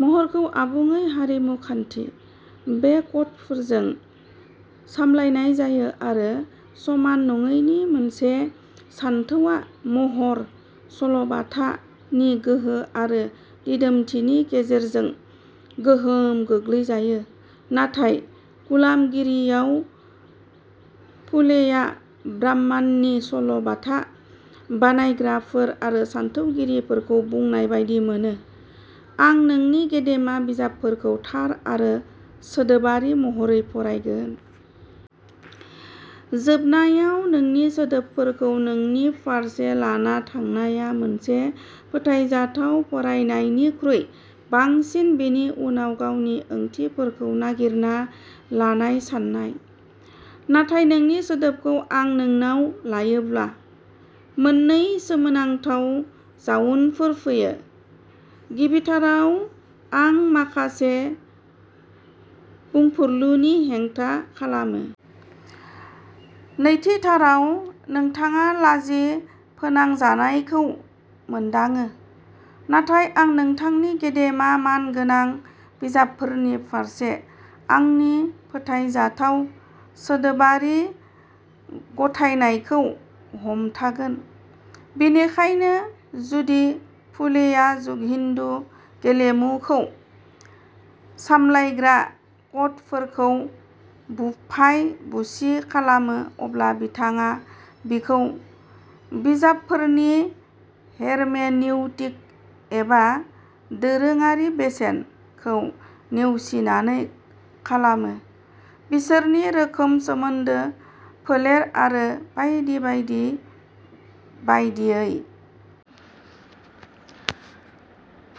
महरखौ आबुङै "हारिमु खान्थि" नि कडफोरजों सामलायनाय जायो आरो समान नङैनि मोनसे सानथौआ महर/सल'बाथा नि गोहो आरो दिदोमथिनि गेजेरजों गोहोम खोख्लैजायो। नाथाय गुलामगिरियाव फुलेया ब्राह्मणनि सल'बाथा बानायग्राफोर आरो सानथौगिरिफोरखौ बुंनाय बादि मोनोः "आं नोंनि गेदेमा बिजाबफोरखौ थार आरो सोदोबारि महरै फरायगोन। जोबनायाव, नोंनि सोदोबखौ नोंनि फारसे लाना थांनाया मोनसे फोथायजाथाव फरायनायनिख्रुइ बांसिन बेनि उनाव गावनि ओंथिफोरखौ नागिरना लानाय सान्नाय। नाथाय नोंनि सोदोबखौ आं नोंनाव लायोब्ला, मोननै सोमोनांथाव जाउनफोर फैयो। गिबिथाराव, आं माखासे बुंफुरलुनि हेंथा खालामो। नैथिथाराव, नोंथाङा लाजि फोनांजानायखौ मोनदाङो। नाथाय आं नोंथांनि गेदेमा मानगोनां बिजाबफोरनि फारसे आंनि फोथायजाथाव सोदोबारि गथायनायखौ हमथागोन। बेनिखायनो, जुदि फुलेया हिन्दु "गेलेमु" खौ सामलायग्रा कडफोरखौ बुफाय-बुसि खालामो, अब्ला बिथाङा बेखौ बिजाबफोरनि हेरमेनिउटिक एबा दोरोङारि "बेसेन" खौ नेवसिनानै खालामो, बिसोरनि रोखोम, सोमोन्दो, फोलेर आरो बायदि बायदि बायदियै।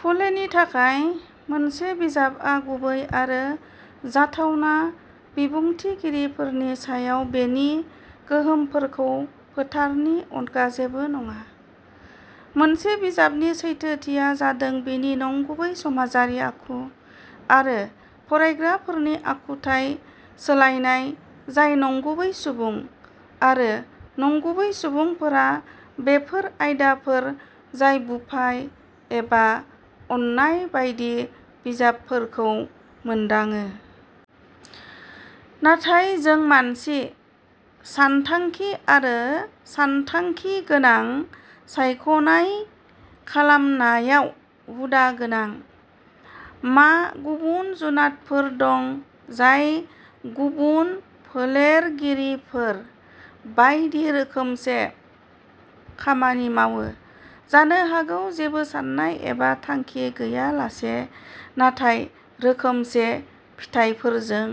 फुलेनि थाखाय, मोनसे बिजाबआ गुबै आरो जाथावना बिबुंथिगिरिफोरनि सायाव बेनि गोहोमफोरनि फोथारनि अनगा जेबो नङा। मोनसे बिजाबनि सैथोथिया जादों बेनि नंगुबै समाजारि आखु आरो फरायग्राफोरनि आखुथाय सोलायनाय जाय नंगुबै सुबुं; आरो नंगुबै सुबुंफोरा बैफोर आयदाफोर जाय बुफाय एबा अननाय बायदि बिजाबफोरखौ मोनदाङो। नाथाय जों मानसि, सानथांखि आरो सानथांखि गोनां सायख'नाय खालामनायाव हुदा गोनां। मा गुबुन जुनारफोर दं जाय सुबुं फोलेरगिरिफोर बायदि रोखोमसे खामानि मावो, जानो हागौ जेबो सान्नाय एबा थांखि गैयालासे नाथाय रोखोमसे फिथायफोरजों?